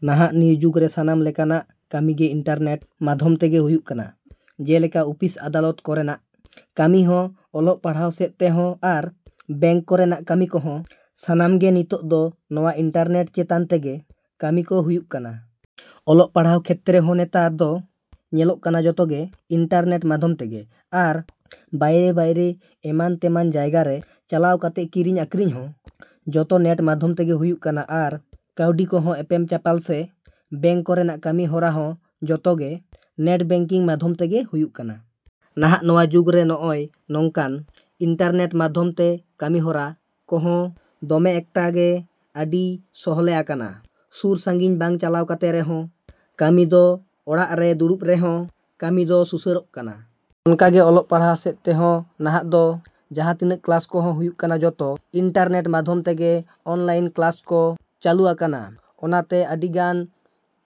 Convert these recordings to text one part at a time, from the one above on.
ᱱᱟᱦᱟᱜ ᱱᱤᱭᱟᱹ ᱡᱩᱜᱽ ᱨᱮ ᱥᱟᱱᱟᱢ ᱞᱮᱠᱟᱱᱟᱜ ᱠᱟᱹᱢᱤ ᱜᱮ ᱤᱱᱴᱟᱨᱱᱮᱴ ᱢᱟᱫᱷᱚᱢ ᱛᱮᱜᱮ ᱦᱩᱭᱩᱜ ᱠᱟᱱᱟ᱾ ᱡᱮᱞᱮᱠᱟ ᱚᱯᱷᱤᱥ, ᱟᱫᱟᱞᱚᱛ ᱠᱚᱨᱮᱱᱟᱜ ᱠᱟᱹᱢᱤ ᱦᱚᱸ, ᱚᱞᱚᱜ ᱯᱟᱲᱦᱟᱣ ᱥᱮᱫ ᱛᱮᱦᱚᱸ ᱟᱨ ᱵᱮᱝᱠ ᱠᱚᱨᱮᱱᱟᱜ ᱠᱟᱹᱢᱤ ᱠᱚᱦᱚᱸ ᱥᱟᱱᱟᱢ ᱜᱮ ᱱᱤᱛᱚᱜ ᱫᱚ ᱱᱚᱣᱟ ᱤᱱᱴᱟᱨᱱᱮᱴ ᱪᱮᱛᱟᱱ ᱛᱮᱜᱮ ᱠᱟᱹᱢᱤ ᱠᱚ ᱦᱩᱭᱩᱜ ᱠᱟᱱᱟ᱾ ᱚᱞᱚᱜ ᱯᱟᱲᱦᱟᱜ ᱠᱷᱮᱛᱨᱮ ᱦᱚᱸ ᱱᱮᱛᱟᱨ ᱫᱚ ᱧᱮᱞᱚᱜ ᱠᱟᱱᱟ ᱡᱚᱛᱚ ᱜᱮ ᱤᱱᱴᱟᱨᱱᱮᱴ ᱢᱟᱫᱷᱚᱢ ᱛᱮᱜᱮ᱾ ᱟᱨ ᱵᱟᱭᱨᱮ-ᱵᱟᱭᱨᱮ ᱮᱢᱟᱱ ᱛᱮᱢᱟᱱ ᱡᱟᱭᱜᱟ ᱨᱮ ᱪᱟᱞᱟᱣ ᱠᱟᱛᱮ ᱠᱤᱨᱤᱧ ᱟᱠᱷᱨᱤᱧ ᱦᱚᱸ ᱡᱚᱛᱚ ᱱᱮᱴ ᱢᱟᱫᱷᱚᱢ ᱛᱮᱜᱮ ᱦᱩᱭᱩᱜ ᱠᱟᱱᱟ ᱟᱨ ᱠᱟᱹᱣᱰᱤ ᱠᱚᱦᱚᱸ ᱮᱯᱮᱢ ᱪᱟᱯᱟᱞ ᱥᱮ ᱵᱮᱝᱠ ᱠᱚᱨᱮᱱᱟᱜ ᱠᱟᱹᱢᱤ ᱦᱚᱨᱟ ᱦᱚᱸ ᱡᱚᱛᱚ ᱜᱮ ᱱᱮᱴ ᱵᱮᱝᱠᱤᱝ ᱢᱟᱫᱷᱚᱢ ᱛᱮᱜᱮ ᱦᱩᱭᱩᱜ ᱠᱟᱱᱟ᱾ ᱱᱟᱦᱟᱜ ᱱᱚᱣᱟ ᱡᱩᱜᱽ ᱨᱮ ᱱᱚᱜᱼᱚᱭ ᱱᱚᱝᱠᱟᱱ ᱤᱱᱴᱟᱨᱱᱮᱴ ᱢᱟᱫᱷᱚᱢ ᱛᱮ ᱠᱟᱹᱢᱤ ᱦᱚᱨᱟ ᱠᱚᱦᱚᱸ ᱫᱚᱢᱮ ᱮᱠᱴᱟ ᱜᱮ ᱟᱹᱰᱤ ᱥᱚᱦᱚᱞᱮ ᱟᱠᱟᱱᱟ᱾ ᱥᱩᱨ-ᱥᱟᱺᱜᱤᱧ ᱵᱟᱝ ᱪᱟᱞᱟᱣ ᱠᱟᱛᱮ ᱨᱮᱦᱚᱸ ᱠᱟᱹᱢᱤ ᱫᱚ ᱚᱲᱟᱜ ᱨᱮ ᱫᱩᱲᱩᱵ ᱨᱮᱦᱚᱸ ᱠᱟᱹᱢᱤ ᱫᱚ ᱥᱩᱥᱟᱹᱨᱚᱜ ᱠᱟᱱᱟ᱾ ᱚᱱᱠᱟ ᱜᱮ ᱚᱞᱚᱜ ᱯᱟᱲᱦᱟᱣ ᱥᱮᱫ ᱛᱮᱦᱚᱸ ᱱᱟᱦᱟᱜ ᱫᱚ ᱡᱟᱦᱟᱸ ᱛᱤᱱᱟᱹᱜ ᱠᱞᱟᱥ ᱠᱚᱦᱚᱸ ᱦᱩᱭᱩᱜ ᱠᱟᱱᱟ ᱡᱚᱛᱚ ᱤᱱᱴᱟᱨᱱᱮᱴ ᱢᱟᱫᱷᱚᱢ ᱛᱮᱜᱮ ᱚᱱᱞᱟᱭᱤᱱ ᱠᱞᱟᱥ ᱠᱚ ᱪᱟᱹᱞᱩ ᱟᱠᱟᱱᱟ᱾ ᱚᱱᱟ ᱛᱮ ᱟᱹᱰᱤ ᱜᱟᱱ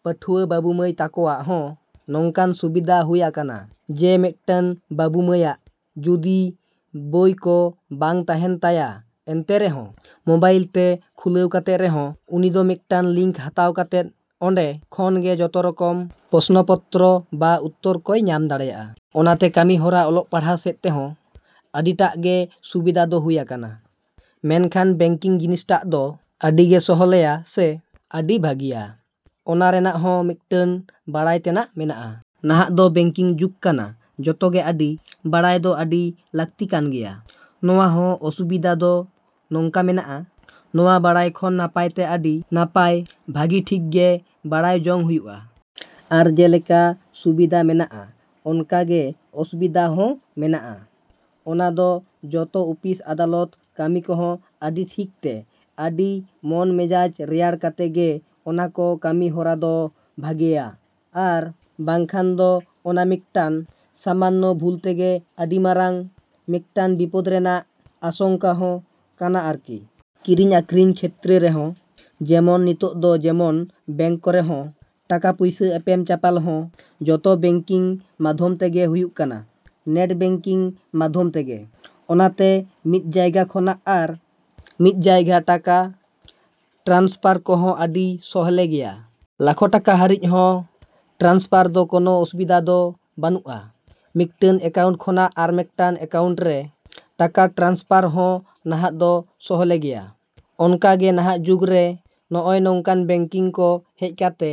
ᱯᱟᱹᱴᱷᱩᱭᱟᱹ ᱵᱟᱹᱵᱩᱼᱢᱟᱹᱭ ᱛᱟᱠᱚᱣᱟᱜ ᱦᱚᱸ ᱱᱚᱝᱠᱟᱱ ᱥᱩᱵᱤᱫᱟ ᱦᱩᱭ ᱟᱠᱟᱱᱟ ᱡᱮ ᱢᱤᱫᱴᱟᱹᱝ ᱵᱟᱹᱵᱩᱼᱢᱟᱹᱭᱟᱜ ᱡᱩᱫᱤ ᱵᱚᱭ ᱠᱚ ᱵᱟᱝ ᱛᱟᱦᱮᱱ ᱛᱟᱭᱟ ᱮᱱᱛᱮ ᱨᱮᱦᱚᱸ ᱢᱚᱵᱟᱭᱤᱞ ᱛᱮ ᱠᱷᱩᱞᱟᱹᱣ ᱠᱟᱛᱮ ᱨᱮᱦᱚᱸ ᱩᱱᱤ ᱫᱚ ᱢᱤᱫᱴᱟᱝ ᱞᱤᱝᱠ ᱦᱟᱛᱟᱣ ᱠᱟᱛᱮ ᱚᱸᱰᱮ ᱠᱷᱚᱱ ᱜᱮ ᱡᱚᱛᱚ ᱨᱚᱠᱚᱢ ᱯᱚᱥᱱᱚ ᱯᱚᱛᱨᱚ ᱵᱟ ᱩᱛᱛᱚᱨ ᱠᱚᱭ ᱧᱟᱢ ᱫᱟᱲᱮᱭᱟᱜᱼᱟ᱾ ᱚᱱᱟ ᱛᱮ ᱠᱟᱹᱢᱤ ᱦᱚᱨᱟ ᱚᱞᱚᱜ ᱯᱟᱲᱦᱟᱣ ᱥᱮᱫ ᱛᱮᱦᱚᱸ ᱟᱹᱰᱤ ᱴᱟᱜ ᱜᱮ ᱥᱩᱵᱤᱫᱟ ᱫᱚ ᱦᱩᱭ ᱟᱠᱟᱱᱟ᱾ ᱢᱮᱱᱠᱷᱟᱱ ᱵᱮᱝᱠᱤᱝ ᱡᱤᱱᱤᱥ ᱴᱟᱜ ᱫᱚ ᱟᱹᱰᱤ ᱜᱮ ᱥᱚᱞᱦᱮᱭᱟ ᱥᱮ ᱟᱹᱰᱤ ᱵᱷᱟᱹᱜᱤᱭᱟ᱾ ᱚᱱᱟ ᱨᱮᱱᱟᱜ ᱦᱚᱸ ᱢᱤᱫᱴᱟᱹᱝ ᱵᱟᱲᱟᱭ ᱛᱮᱱᱟᱜ ᱢᱮᱱᱟᱜᱼᱟ᱾ ᱱᱟᱦᱟᱜ ᱫᱚ ᱵᱮᱝᱠᱤᱝ ᱡᱩᱜᱽ ᱠᱟᱱᱟ, ᱡᱚᱛᱚ ᱜᱮ ᱟᱹᱰᱤ ᱵᱟᱲᱟᱭ ᱫᱚ ᱟᱹᱰᱤ ᱞᱟᱹᱠᱛᱤ ᱠᱟᱱ ᱜᱮᱭᱟ᱾ ᱱᱚᱣᱟ ᱦᱚᱸ ᱚᱥᱩᱵᱤᱫᱟ ᱫᱚ ᱱᱚᱝᱠᱟ ᱢᱮᱱᱟᱜᱼᱟ, ᱱᱚᱣᱟ ᱵᱟᱲᱟᱭ ᱠᱷᱚᱱ ᱱᱟᱯᱟᱭ ᱛᱮ ᱟᱹᱰᱤ ᱱᱟᱯᱟᱭᱟ᱾ ᱵᱷᱟᱹᱜᱤ ᱴᱷᱤᱠ ᱜᱮ ᱵᱟᱲᱟᱭ ᱡᱚᱝ ᱦᱩᱭᱩᱜᱼᱟ᱾ ᱟᱨ ᱡᱮᱞᱮᱠᱟ ᱥᱩᱵᱤᱫᱟ ᱢᱮᱱᱟᱜᱼᱟ ᱚᱱᱠᱟ ᱜᱮ ᱚᱥᱩᱵᱤᱫᱟ ᱦᱚᱸ ᱢᱮᱱᱟᱜᱼᱟ᱾ ᱚᱱᱟ ᱫᱚ ᱡᱚᱛᱚ ᱚᱯᱷᱤᱥ, ᱟᱫᱟᱞᱚᱛ ᱠᱟᱹᱢᱤ ᱠᱚᱦᱚᱸ ᱟᱹᱰᱤ ᱴᱷᱤᱠ ᱛᱮ, ᱟᱹᱰᱤ ᱢᱚᱱ ᱢᱮᱡᱟᱡᱽ ᱨᱮᱭᱟᱲ ᱠᱟᱛᱮ ᱜᱮ ᱚᱱᱟ ᱠᱚ ᱠᱟᱹᱢᱤ ᱦᱚᱨᱟ ᱫᱚ ᱵᱷᱟᱹᱜᱤᱭᱟ ᱟᱨ ᱵᱟᱝᱠᱷᱟᱱ ᱫᱚ ᱚᱱᱟ ᱢᱤᱫᱴᱟᱝ ᱥᱟᱢᱟᱱᱱᱚ ᱵᱷᱩᱞ ᱛᱮᱜᱮ ᱟᱹᱰᱤ ᱢᱟᱨᱟᱝ ᱢᱤᱫᱴᱟᱝ ᱵᱤᱯᱚᱫ ᱨᱮᱱᱟᱜ ᱟᱥᱚᱝᱠᱟ ᱦᱚᱸ ᱠᱟᱱᱟ ᱟᱨᱠᱤ᱾ ᱠᱤᱨᱤᱧ ᱟᱠᱷᱨᱤᱧ ᱠᱷᱮᱛᱨᱮ ᱨᱮᱦᱚᱸ ᱡᱮᱢᱚᱱ ᱱᱤᱛᱚᱜ ᱫᱚ ᱡᱮᱢᱚᱱ ᱵᱮᱝᱠ ᱠᱚᱨᱮ ᱦᱚᱸ ᱴᱟᱠᱟ ᱯᱩᱭᱥᱟᱹ ᱮᱯᱮᱢ ᱪᱟᱯᱟᱞ ᱦᱚᱸ ᱡᱚᱛᱚ ᱵᱮᱝᱠᱤᱝ ᱢᱟᱫᱷᱚᱢ ᱛᱮᱜᱮ ᱦᱩᱭᱩᱜ ᱠᱟᱱᱟ, ᱱᱮᱴ ᱵᱮᱝᱠᱤᱝ ᱢᱟᱫᱷᱚᱢ ᱛᱮᱜᱮ᱾ ᱚᱱᱟ ᱛᱮ ᱢᱤᱫ ᱡᱟᱭᱜᱟ ᱠᱷᱚᱱᱟᱜ ᱟᱨ ᱢᱤᱫ ᱡᱟᱭᱜᱟ ᱴᱟᱠᱟ ᱴᱨᱟᱱᱥᱯᱟᱨ ᱠᱚᱦᱚᱸ ᱟᱹᱰᱤ ᱥᱚᱦᱚᱞᱮ ᱜᱮᱭᱟ᱾ ᱞᱟᱠᱷᱚ ᱴᱟᱠᱟ ᱦᱟᱹᱨᱤᱡ ᱦᱚᱸ ᱴᱨᱟᱱᱥᱯᱟᱨ ᱫᱚ ᱠᱚᱱᱚ ᱚᱥᱩᱵᱤᱫᱟ ᱫᱚ ᱵᱟᱹᱱᱩᱜᱼᱟ ᱾ ᱢᱤᱫᱴᱟᱹᱝ ᱮᱠᱟᱩᱱᱴ ᱠᱷᱚᱱᱟᱜ ᱟᱨ ᱢᱤᱫᱴᱟᱝ ᱮᱠᱟᱩᱱᱴ ᱨᱮ ᱴᱟᱠᱟ ᱴᱨᱟᱱᱥᱯᱟᱨ ᱦᱚᱸ ᱱᱟᱦᱟᱜ ᱫᱚ ᱥᱚᱦᱚᱞᱮ ᱜᱮᱭᱟ᱾ ᱚᱱᱠᱟ ᱜᱮ ᱱᱟᱦᱟᱜ ᱡᱩᱜᱽ ᱨᱮ ᱱᱚᱜᱼᱚᱭ ᱱᱚᱝᱠᱟᱱ ᱵᱮᱝᱠᱤᱝ ᱠᱚ ᱦᱮᱡ ᱠᱟᱛᱮ